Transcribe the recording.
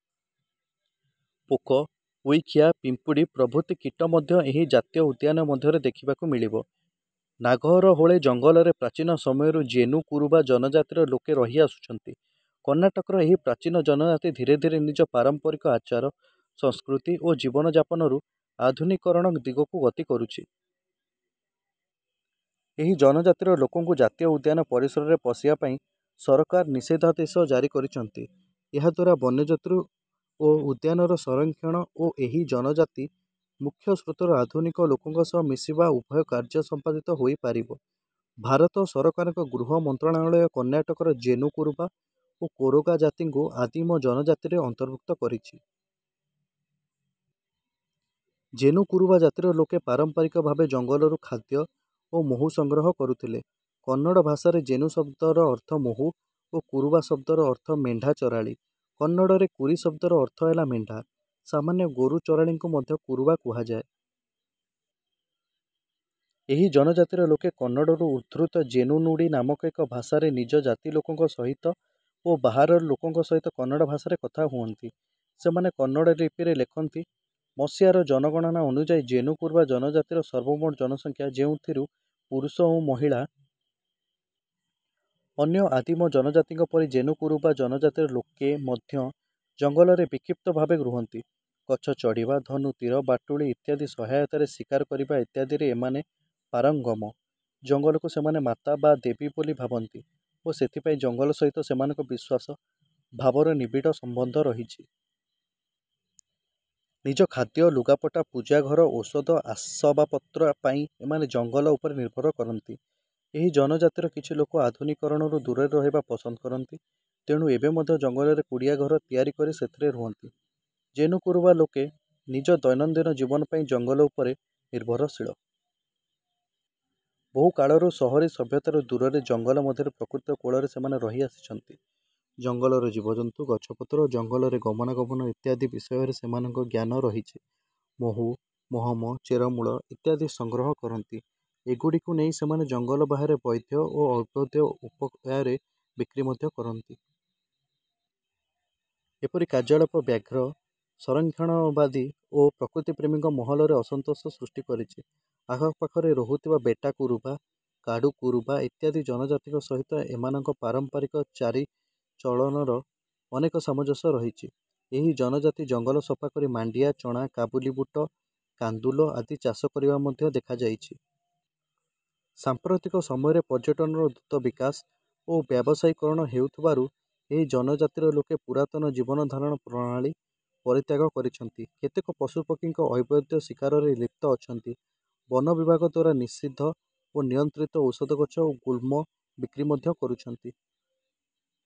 ପୋକ, ଊଈଖିଆ ପିମ୍ପୁଡ଼ି ପ୍ରଭୃତି କୀଟ ମଧ୍ୟ ଏହି ଜାତୀୟ ଉଦ୍ୟାନ ମଧ୍ୟରେ ଦେଖିବାକୁ ମିଳିବ। ନାଗାରହୋଳେ ଜଙ୍ଗଲରେ ପ୍ରାଚୀନ ସମୟରୁ ଜେନୁ କୁରୁବା ଜନଜାତିର ଲୋକେ ରହିଆସୁଛନ୍ତି। କର୍ଣ୍ଣାଟକର ଏହି ପ୍ରାଚୀନ ଜନଜାତି ଧୀରେ ଧୀରେ ନିଜ ପାରମ୍ପରିକ ଆଚାର, ସଂସ୍କୃତି ଓ ଜୀବନଯାପନରୁ ଆଧୁନିକୀକରଣ ଦିଗକୁ ଗତି କରୁଛି। ଏହି ଜନଜାତିର ଲୋକଙ୍କୁ ଜାତୀୟ ଉଦ୍ୟାନ ପରିସରରେ ପଶିବା ପାଇଁ ସରକାର ନିଷେଧାଦେଶ ଜାରି କରିଛନ୍ତି। ଏହାଦ୍ୱାରା ବନ୍ୟଜନ୍ତୁ ଓ ଉଦ୍ୟାନର ସଂରକ୍ଷଣ ଓ ଏହି ଜନଜାତି ମୁଖ୍ୟସ୍ରୋତର ଆଧୁନିକ ଲୋକଙ୍କ ସହିତ ମିଶିବା ଉଭୟ କାର୍ଯ୍ୟ ସମ୍ପାଦିତ ହୋଇପାରିବ। ଭାରତ ସରକାରଙ୍କ ଗୃହ ମନ୍ତ୍ରଣାଳୟ କର୍ଣ୍ଣାଟକର ଜେନୁ କୁରୁବା ଓ କୋରାଗା ଜାତିଙ୍କୁ ଆଦିମ ଜନଜାତିରେ ଅନ୍ତର୍ଭୁକ୍ତ କରିଛି। ଜେନୁ କୁରୁବା ଜାତିର ଲୋକେ ପାରମ୍ପରିକ ଭାବେ ଜଙ୍ଗଲରୁ ଖାଦ୍ୟ ଓ ମହୁ ସଂଗ୍ରହ କରୁଥିଲେ। କନ୍ନଡ଼ ଭାଷାରେ ଜେନୁ ଶବ୍ଦର ଅର୍ଥ ମହୁ ଓ କୁରୁବା ଶବ୍ଦର ଅର୍ଥ ମେଣ୍ଢା ଚରାଳୀ। କନ୍ନଡ଼ରେ କୁରି ଶବ୍ଦର ଅର୍ଥ ହେଲା ମେଣ୍ଢା। ସାମାନ୍ୟ ଗୋରୁ ଚରାଳୀଙ୍କୁ ମଧ୍ୟ କୁରୁବା କୁହାଯାଏ। ଏହି ଜନଜାତିର ଲୋକେ କନ୍ନଡ଼ରୁ ଉଦ୍ଧୃତ ଜେନୁ-ନୁଡ଼ି ନାମକ ଏକ ଭାଷାରେ ନିଜ ଜାତି ଲୋକଙ୍କ ସହିତ ଓ ବାହାରର ଲୋକଙ୍କ ସହିତ କନ୍ନଡ଼ ଭାଷାରେ କଥା ହୁଅନ୍ତି। ସେମାନେ କନ୍ନଡ଼ ଲିପିରେ ଲେଖନ୍ତି। ମସିହାର ଜନଗଣନା ଅନୁଯାୟୀ ଜେନୁ-କୁରୁବା ଜନଜାତିର ସର୍ବମୋଟ ଜନସଂଖ୍ୟା, ଯେଉଁଥିରୁ ପୁରୁଷ ଓ ମହିଳା। ଅନ୍ୟ ଆଦିମ ଜନଜାତିଙ୍କ ପରି ଜେନୁ କୁରୁବା ଜନଜାତିର ଲୋକେ ମଧ୍ୟ ଜଙ୍ଗଲରେ ବିକ୍ଷିପ୍ତ ଭାବେ ରୁହନ୍ତି। ଗଛ ଚଢ଼ିବା, ଧନୁ-ତୀର-ବାଟୁଳି ଇତ୍ୟାଦି ସହାୟତାରେ ଶିକାର କରିବା ଇତ୍ୟାଦିରେ ଏମାନେ ପାରଙ୍ଗମ। ଜଙ୍ଗଲକୁ ସେମାନେ ମାତା ବା ଦେବୀ ବୋଲି ଭାବନ୍ତି ଓ ସେଥିପାଇଁ ଜଙ୍ଗଲ ସହିତ ସେମାନଙ୍କ ବିଶ୍ୱାସ, ଭାବର ନିବିଡ଼ ସମ୍ବନ୍ଧ ରହିଛି। ନିଜ ଖାଦ୍ୟ, ଲୁଗାପଟା, ପୂଜା, ଘର, ଔଷଧ, ଅସବାବପତ୍ର ପାଇଁ ଏମାନେ ଜଙ୍ଗଲ ଉପରେ ନିର୍ଭର କରନ୍ତି। ଏହି ଜନଜାତିର କିଛି ଲୋକ ଆଧୁନିକୀକରଣରୁ ଦୂରରେ ରହିବା ପସନ୍ଦ କରନ୍ତି, ତେଣୁ ଏବେ ମଧ୍ୟ ଜଙ୍ଗଲରେ କୁଡ଼ିଆ ଘର ତିଆରି କରି ସେଥିରେ ରୁହନ୍ତି। ଜେନୁ କୁରୁବା ଲୋକେ ନିଜ ଦୈନନ୍ଦିନ ଜୀବନ ପାଇଁ ଜଙ୍ଗଲ ଉପରେ ନିର୍ଭରଶୀଳ। ବହୁ କାଳରୁ ସହରୀ ସଭ୍ୟତାରୁ ଦୂରରେ, ଜଙ୍ଗଲ ମଧ୍ୟରେ ପ୍ରକୃତିର କୋଳରେ ସେମାନେ ରହିଆସିଛନ୍ତି। ଜଙ୍ଗଲର ଜୀବଜନ୍ତୁ, ଗଛପତ୍ର, ଜଙ୍ଗଲରେ ଗମନାଗମନ ଇତ୍ୟାଦି ବିଷୟରେ ସେମାନଙ୍କର ଜ୍ଞାନ ରହିଛି। ମହୁ, ମହମ, ଚେରମୂଳ ଇତ୍ୟାଦି ସଂଗ୍ରହ କରନ୍ତି। ଏଗୁଡ଼ିକୁ ନେଇ ସେମାନେ ଜଙ୍ଗଲ ବାହାରେ ବୈଧ ଓ ଅବୈଧ ଉପାୟରେ ବିକ୍ରି ମଧ୍ୟ କରନ୍ତି। ଏପରି କାର୍ଯ୍ୟକଳାପ ବ୍ୟାଘ୍ର ସଂରକ୍ଷଣବାଦୀ ଓ ପ୍ରକୃତିପ୍ରେମୀଙ୍କ ମହଲରେ ଅସନ୍ତୋଷ ସୃଷ୍ଟି କରିଛି। ଆଖପାଖରେ ରହୁଥିବା ବେଟ୍ଟା କୁରୁବା, କାଡ଼ୁ କୁରୁବା ଇତ୍ୟାଦି ଜନଜାତିଙ୍କ ସହିତ ଏମାନଙ୍କ ପାରମ୍ପରିକ ଚାଲିଚଳନର ଅନେକ ସାମଞ୍ଜସ୍ୟ ରହିଛି। ଏହି ଜନଜାତି ଜଙ୍ଗଲ ସଫା କରି ମାଣ୍ଡିଆ, ଚଣା, କାବୁଲି ବୁଟ, କାନ୍ଦୁଲ ଆଦି ଚାଷ କରିବା ମଧ୍ୟ ଦେଖାଯାଇଛି। ସାମ୍ପ୍ରତିକ ସମୟରେ ପର୍ଯ୍ୟଟନର ଦ୍ରୁତ ବିକାଶ ଓ ବ୍ୟବସାୟୀକରଣ ହେଉଥିବାରୁ ଏହି ଜନଜାତିର ଲୋକେ ପୁରାତନ ଜୀବନଧାରଣ ପ୍ରଣାଳୀ ପରିତ୍ୟାଗ କରିଛନ୍ତି। କେତେକ ପଶୁପକ୍ଷୀଙ୍କ ଅବୈଧ ଶିକାରରେ ଲିପ୍ତ ଅଛନ୍ତି। ବନ ବିଭାଗଦ୍ୱାରା ନିଷିଦ୍ଧ ଓ ନିୟନ୍ତ୍ରିତ ଔଷଧିଗଛ ଓ ଗୁଳ୍ମ ବିକ୍ରି ମଧ୍ୟ କରୁଛନ୍ତି।